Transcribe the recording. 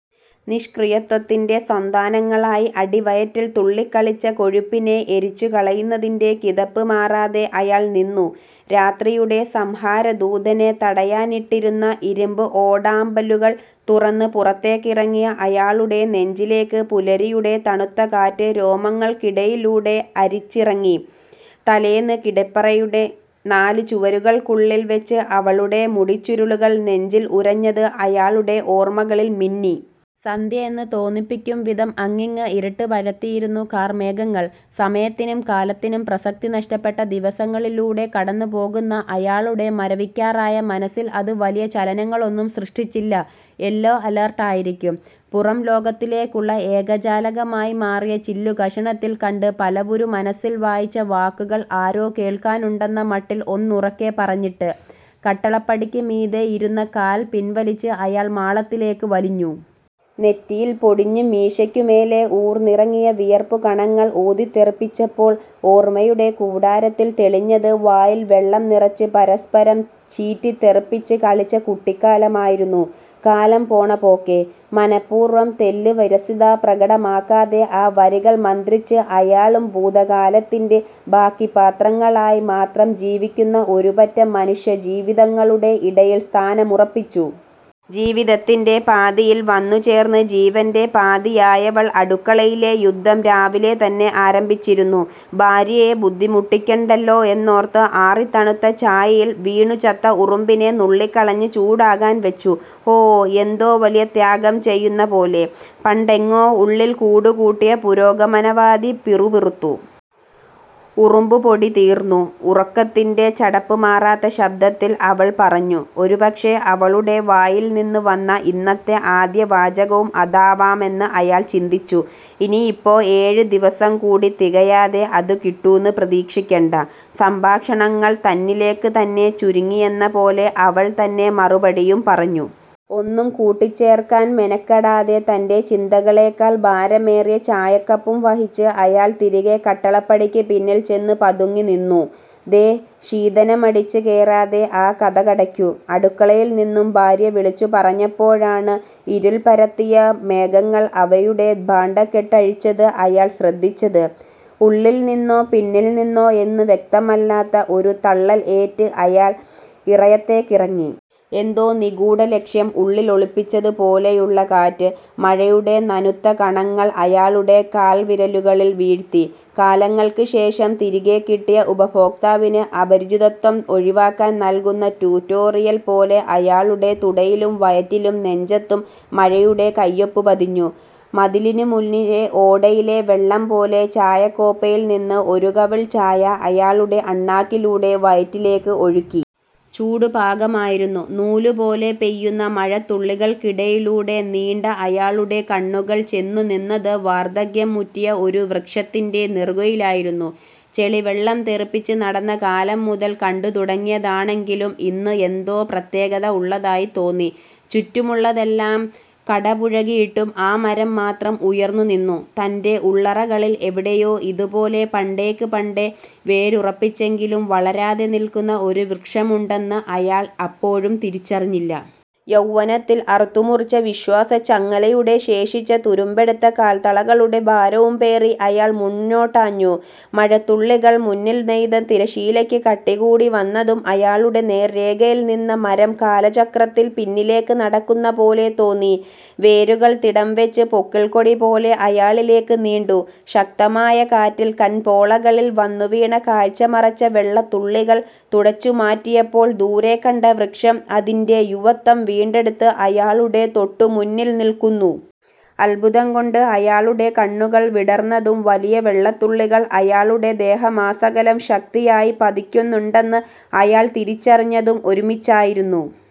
നിഷ്ക്രിയത്വത്തിൻ്റെ സന്താനങ്ങളായി അടിവയറ്റിൽ തുള്ളികളിച്ച കൊഴുപ്പിനെ എരിച്ചു കളയുന്നതിൻ്റെ കിതപ്പ് മാറാതെ അയാൾ നിന്നു. രാത്രിയുടെ സംഹാരദൂതനെ തടയാനിട്ടിരുന്ന ഇരുമ്പ് ഓടാമ്പലുകൾ തുറന്ന് പുറത്തേക്കിറങ്ങിയ അയാളുടെ നെഞ്ചിലേക്ക് പുലരിയുടെ തണുത്ത കാറ്റ് രോമങ്ങൾക്കിടയിലൂടെ അരിച്ചിറങ്ങി. തലേന്ന് കിടപ്പറയുടെ നാല് ചുവരുകൾക്കുള്ളിൽ വെച്ച് അവളുടെ മുടിച്ചുരുളുകൾ നെഞ്ചിൽ ഉരഞ്ഞത് അയാളുടെ ഓർമകളിൽ മിന്നി. സന്ധ്യയെന്ന് തോന്നിപ്പിക്കും വിധം അങ്ങിങ്ങ് ഇരുട്ട് പരത്തിയിരുന്നു കാർമേഘങ്ങൾ. സമയത്തിനും കാലത്തിനും പ്രസക്തി നഷ്ടപ്പെട്ട ദിവസങ്ങളിലൂടെ കടന്നുപോകുന്ന അയാളുടെ മരവിക്കാറായ മനസ്സിൽ അത് വലിയ ചലനങ്ങളൊന്നും സൃഷ്ടിച്ചില്ല. "യെല്ലോ അലേർട്ട് ആയിരിക്കും." പുറംലോകത്തിലേക്കുള്ള ഏകജാലകമായി മാറിയ ചില്ലുകഷണത്തിൽ കണ്ട് പലവുരു മനസ്സിൽ വായിച്ച വാക്കുകൾ ആരോ കേൾക്കാനുണ്ടെന്ന മട്ടിൽ ഒന്നുറക്കെ പറഞ്ഞിട്ട്, കട്ടളപടിക്ക് മീതെ ഇരുന്ന കാൽ പിൻവലിച്ച് അയാൾ മാളത്തിലേക്ക് വലിഞ്ഞു. നെറ്റിയിൽ പൊടിഞ്ഞ് മീശയ്ക്കു മേലേ ഊർന്നിറങ്ങിയ വിയർപ്പുകണങ്ങൾ ഊതിത്തെറിപ്പിച്ചപ്പോൾ ഓർമയുടെ കൂടാരത്തിൽ തെളിഞ്ഞത് വായിൽ വെള്ളം നിറച്ച് പരസ്പരം ചീറ്റിത്തെറിപ്പിച്ച് കളിച്ച കുട്ടിക്കാലമായിരുന്നു. 'കാലം പോണ പോക്കേ.' മനഃപൂർവം തെല്ല് വിരസത പ്രകടമാക്കാതെ ആ വരികൾ മന്ത്രിച്ച് അയാളും ഭൂതകാലത്തിൻ്റെ ബാക്കിപത്രങ്ങളായി മാത്രം ജീവിക്കുന്ന ഒരുപറ്റം മനുഷ്യജീവിതങ്ങളുടെ ഇടയിൽ സ്ഥാനമുറപ്പിച്ചു. ജീവിതത്തിൻ്റെ പാതിയിൽ വന്നു ചേർന്ന് ജീവൻ്റെ പാതിയായവൾ അടുക്കളയിലെ യുദ്ധം രാവിലെ തന്നെ ആരംഭിച്ചിരുന്നു. ഭാര്യയെ ബുദ്ധിമുട്ടിക്കണ്ടല്ലോ എന്നോർത്ത് ആറിത്തണുത്ത ചായയിൽ വീണു ചത്ത ഉറുമ്പിനെ നുള്ളിക്കളഞ്ഞ് ചൂടാക്കാൻ വച്ചു. 'ഓഹ്, എന്തോ വലിയ ത്യാഗം ചെയ്യുന്ന പോലെ!' പണ്ടെങ്ങോ ഉള്ളിൽ കൂടുകൂട്ടിയ പുരോഗമനവാദി പിറുപിറുത്തു. "ഉറുമ്പ് പൊടി തീർന്നു." ഉറക്കത്തിൻ്റെ ചടപ്പ് മാറാത്ത ശബ്ദത്തിൽ അവൾ പറഞ്ഞു. ഒരുപക്ഷേ അവളുടെ വായിൽ നിന്ന് വന്ന ഇന്നത്തെ ആദ്യവാചകവും അതാവാമെന്ന് അയാൾ ചിന്തിച്ചു. "ഇനിയിപ്പോ ഏഴ് ദിവസം കൂടി തികയാതെ അത് കിട്ടൂന്ന് പ്രതീക്ഷിക്കണ്ട." സംഭാഷണങ്ങൾ തന്നിലേക്ക് തന്നെ ചുരുങ്ങിയെന്ന പോലെ അവൾ തന്നെ മറുപടിയും പറഞ്ഞു. ഒന്നും കൂട്ടിച്ചേർക്കാൻ മെനക്കെടാതെ തൻ്റെ ചിന്തകളേക്കാൾ ഭാരമേറിയ ചായക്കപ്പും വഹിച്ച് അയാൾ തിരികെ കട്ടളപ്പടിക്ക് പിന്നിൽ ചെന്ന് പതുങ്ങി നിന്നു. "ദേ! ശീതാനമടിച്ച് കേറാതെ ആ കതകടയ്ക്കൂ." അടുക്കളയിൽ നിന്നും ഭാര്യ വിളിച്ചു പറഞ്ഞപ്പോഴാണ് ഇരുൾ പരത്തിയ മേഘങ്ങൾ അവയുടെ ഭാണ്ഡക്കെട്ടഴിച്ചത് അയാൾ ശ്രദ്ധിച്ചത്. ഉള്ളിൽ നിന്നോ പിന്നിൽ നിന്നോ എന്ന് വ്യക്തമല്ലാത്ത ഒരു തള്ളൽ ഏറ്റ് അയാൾ ഇറയത്തേക്കിറങ്ങി. എന്തോ നിഗൂഢലക്ഷ്യം ഉള്ളിൽ ഒളിപ്പിച്ചത് പോലെയുള്ള കാറ്റ് മഴയുടെ നനുത്ത കണങ്ങൾ അയാളുടെ കാൽവിരലുകളിൽ വീഴ്ത്തി. കാലങ്ങൾക്ക് ശേഷം തിരികെ കിട്ടിയ ഉപഭോക്താവിന് അപരിചിതത്വം ഒഴിവാക്കാൻ നൽകുന്ന ട്യൂട്ടോറിയൽ പോലെ അയാളുടെ തുടയിലും വയറ്റിലും നെഞ്ചത്തും മഴയുടെ കയ്യൊപ്പ് പതിഞ്ഞു. മതിലിനു മുന്നിലെ ഓടയിലെ വെള്ളം പോലെ ചായക്കോപ്പയിൽ നിന്ന് ഒരു കവിൾ ചായ അയാളുടെ അണ്ണാക്കിലൂടെ വയറ്റിലേക്ക് ഒഴുകി. ചൂട് പാകമായിരുന്നു. നൂലുപോലെ പെയ്യുന്ന മഴത്തുള്ളികൾക്കിടയിലൂടെ നീണ്ട അയാളുടെ കണ്ണുകൾ ചെന്നുനിന്നത് വാർദ്ധക്യം മുറ്റിയ ഒരു വൃക്ഷത്തിൻ്റെ നെറുകയിലായിരുന്നു. ചെളിവെള്ളം തെറിപ്പിച്ച് നടന്ന കാലം മുതൽ കണ്ടുതുടങ്ങിയതാണെങ്കിലും ഇന്ന് എന്തോ പ്രത്യേകത ഉള്ളതായി തോന്നി. ചുറ്റുമുള്ളതെല്ലാം കടപുഴകിയിട്ടും ആ മരം മാത്രം ഉയർന്നുനിന്നു. തൻ്റെ ഉള്ളറകളിൽ എവിടെയോ, ഇതുപോലെ പണ്ടേക്ക് പണ്ടേ വേരുറപ്പിച്ചെങ്കിലും വളരാതെ നിൽക്കുന്ന ഒരു വൃക്ഷമുണ്ടെന്ന് അയാൾ അപ്പോഴും തിരിച്ചറിഞ്ഞില്ല. യൗവനത്തിൽ അറുത്തുമുറിച്ച വിശ്വാസച്ചങ്ങലയുടെ ശേഷിച്ച തുരുമ്പെടുത്ത കാൽത്തളകളുടെ ഭാരവും പേറി അയാൾ മുന്നോട്ടാഞ്ഞു. മഴത്തുള്ളികൾ മുന്നിൽ നെയ്ത തിരശ്ശീലയ്ക്ക് കട്ടികൂടി വന്നതും അയാളുടെ നേർരേഖയിൽ നിന്ന മരം കാലചക്രത്തിൽ പിന്നിലേക്ക് നടക്കുന്ന പോലെ തോന്നി. വേരുകൾ തിടം വെച്ച് പൊക്കിൾക്കൊടി പോലെ അയാളിലേക്ക് നീണ്ടു. ശക്തമായ കാറ്റിൽ കൺപോളകളിൽ വന്നുവീണ് കാഴ്ച മറച്ച വെള്ളത്തുള്ളികൾ തുടച്ചു മാറ്റിയപ്പോൾ ദൂരെ കണ്ട വൃക്ഷം അതിൻ്റെ യുവത്വം വീണ്ടെടുത്ത് അയാളുടെ തൊട്ടുമുന്നിൽ നിൽക്കുന്നു. അത്ഭുതംകൊണ്ട് അയാളുടെ കണ്ണുകൾ വിടർന്നതും വലിയ വെള്ളത്തുള്ളികൾ അയാളുടെ ദേഹമാസകലം ശക്തിയായി പതിക്കുന്നുണ്ടെന്ന് അയാൾ തിരിച്ചറിഞ്ഞതും ഒരുമിച്ചായിരുന്നു.